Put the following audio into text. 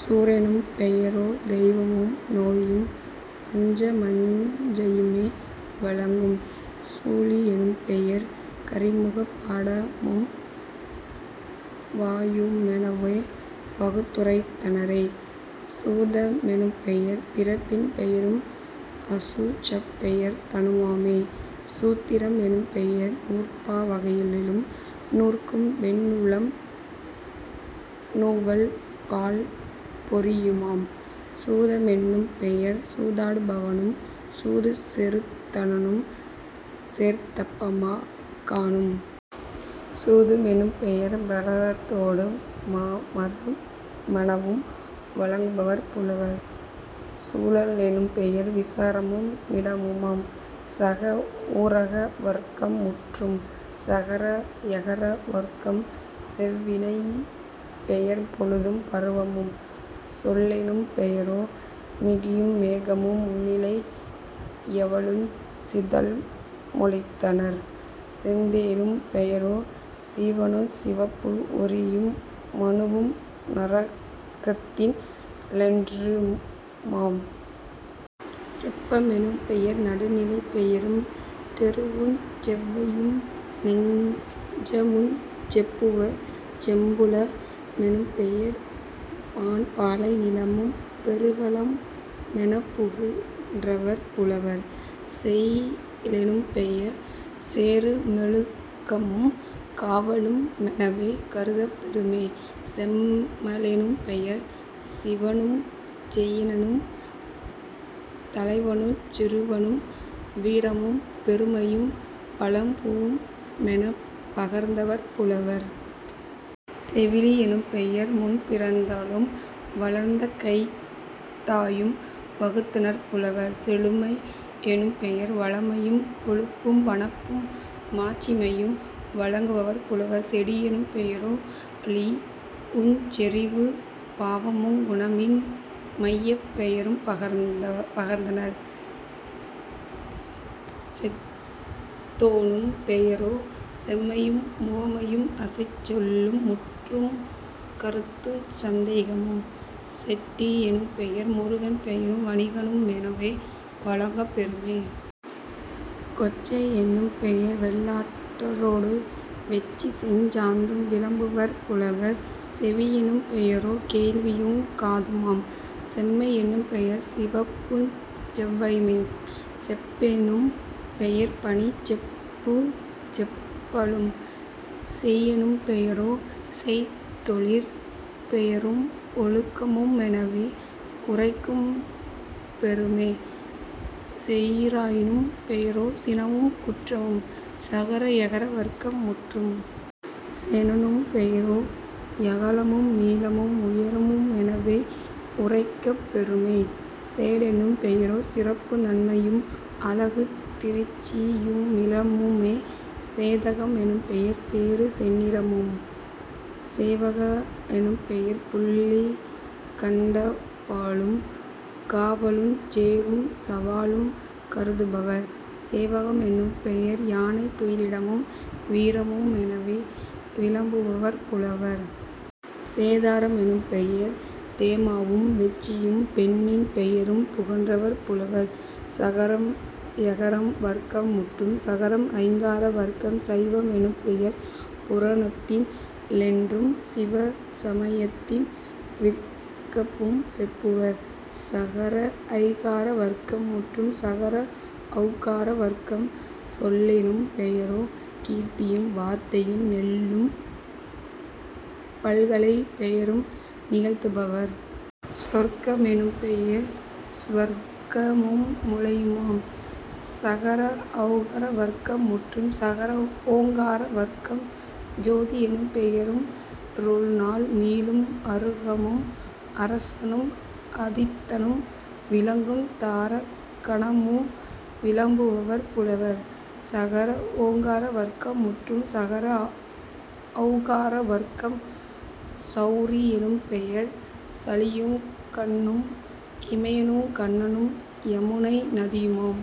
சூரெனும் பெயரே தெய்வமு நோயும் வஞ்சமு மஞ்சா மையுமே வழங்கும்..... சூழி யெனும்பெயர் கரிமுக படாமும் வாவியு மெனவே வகுத்துரைத் தனரே..... சூதக மெனும்பெயர் பிறப்பின் பெயரும் ஆசூ சப்பெயர் தானு மாமே..... சூத்திர மெனும்பெயர் நூற்பா வகவலும் நூற்கும் வெண்ணூலும் நுவல்பல் பொறியுமாம்..... சூத னெனும்பெயர் சூதாடு பவனும் சூது சேருளத்தனும் தேர்ப்பா கனுமாம்..... சூத மெனும்பெயர் பரதா ரத்தொடு மாமர மெனவும் வழங்குவர் புலவர்..... சூழ லனும்பெயர் விசாரமு மிடமுமாம்..... சகா ஊகார வருக்கம் முற்றும். சகர எகர வருக்கம் செவ்வி யெனும்பெயர் பொழுதும் பருவமும்..... செல்லெனும் பெயரே யிடியு மேகமும் முன்னிலை யேவலுஞ் சிதலு மொழிந்தனர்..... செந்தெனும் பெயரே சீவனுஞ் சிவப்பும் ஓரியு மணுவும் நரகத்தி லொன்றுமாம்..... செப்ப மெனும்பெயர் நடுநிலைப் பெயரும் தெருவுஞ் செவ்வையு நெஞ்சமுஞ் செப்புவர்..... செம்புல மெனும்பெயர் வன்பாலை நிலமும் பொருக ளமுமெனப் புகன்றனர் புலவர்..... செய்ய லெனும்பெயர் சேறு மொழுக்கமும் காவலு மெனவே கருதப் பெறுமே..... செம்ம லெனும்பெயர் சீவனும் செயினனும் தலைவனுஞ் சிறுவனும் வீரனும் பெருமையும் பழம்பூ வுமெனப் பகர்ந்தனர் புலவர்..... செவிலி யெனும்பெயர் முன்பிறந் தாளும் வளர்ந்த கைத்தாயும் வகுத்தனர் புலவர்..... செழுமை யெனும்பெயர் வளமையும் கொழுப்பும் வனப்பு மாட்சிமையும் வழங்குவர் புலவர்..... செடியெனும் பெயரே யொளியுஞ் செறிவும் பாவமுங் குணமின் மைப்பெயரும் பகர்ந்தனர்..... செத்தெனும் பெயரே செம்மையு முவமையும் அசைச்சொலு முறுப்புங் கருத்துஞ் சந்தேகமும்..... செட்டி யெனும்பெயர் முருகன் பெயரும் வணிகனு மெனவே வழங்கப் பெறுமே.....। செச்சை யெனும்பெயர் வெள்ளாட் டேறொடு வெட்சி செஞ்சாத்தும் விளம்புவர் புலவர்..... செவியெனும் பெயரே கேள்வியுங் காதுமாம்..... செம்மை யெனும்பெயர் சிவப்புஞ் செவ்வையும்..... செப்பெணும் பெயர்பணிச் செப்புஞ் செப்பலும்..... செய்யெனும் பெயரே செய்தொழிற் பெயரும் ஒழுக்கமு மெனவே யுரைக்கப் பெறுமே..... செயிரெனும் பெயரே சினமும் குற்றமும்..... சகர எகர வருக்கம் முற்றும். சேணுனும் பெயரே யகலமு நீளமும் உயரமு மெனவே யுரைக்கப் பெறுமே..... சேடெனும் பெயரே சிறப்பு நன்மையும் அழகுந் திரட்சியு மிளமையு மாமே..... சேதக மெனும்பெயர் சேறு செந்நிறமுமாம்..... சேவ லெனும்பெயர் புள்ளி னாண்பாலும் காவலுஞ் சேறுஞ் சாவலும் கருதுவர்..... சேவக மெனும்பெயர் யானை துயிலிடமும் வீரமு மெனவே விளம்புவர் புலவர்..... சேதார மெனப்பெயர் தேமாவும் வெட்சியும் பொன்னின் பெயரும் புகன்றனர் புலவர்..... சகர ஏகார வருக்கம் முற்றும். சகர ஐகார வருக்கம் சைவ மெனும்பெயர் புராணத்தி லொன்றும் சிவசம யத்தின் விகற்பமும் செப்புவர்..... சகர ஐகார வருக்கம் முற்றும். சகர ஒகர வருக்கம் சொல்லெனும் பெயரே கீர்த்தியும் வார்த்தையும் நெல்லும் பல்கலைப் பெயரு நிகழ்த்துவர்..... சொர்க்க மெனும்பெயர் சுவர்க்கமு முலையுமாம்..... சகர ஒகர வருக்கம் முற்றும். சகர ஓகார வருக்கம் சோதி யெனும்பெய ரொருநாள் மீனும் அருகனும் அரனும் ஆதித்தனும் விளக்கும் தாரா கணமும் விளம்புவர் புலவர்..... சகர ஓகார வருக்கம் முற்றும். சகர ஒளகார வருக்கம் செளரி யெனும்பெயர் சளியுங் கன்னனும் இமயனுங் கண்ணனும் யமுனை நதியுமாம்.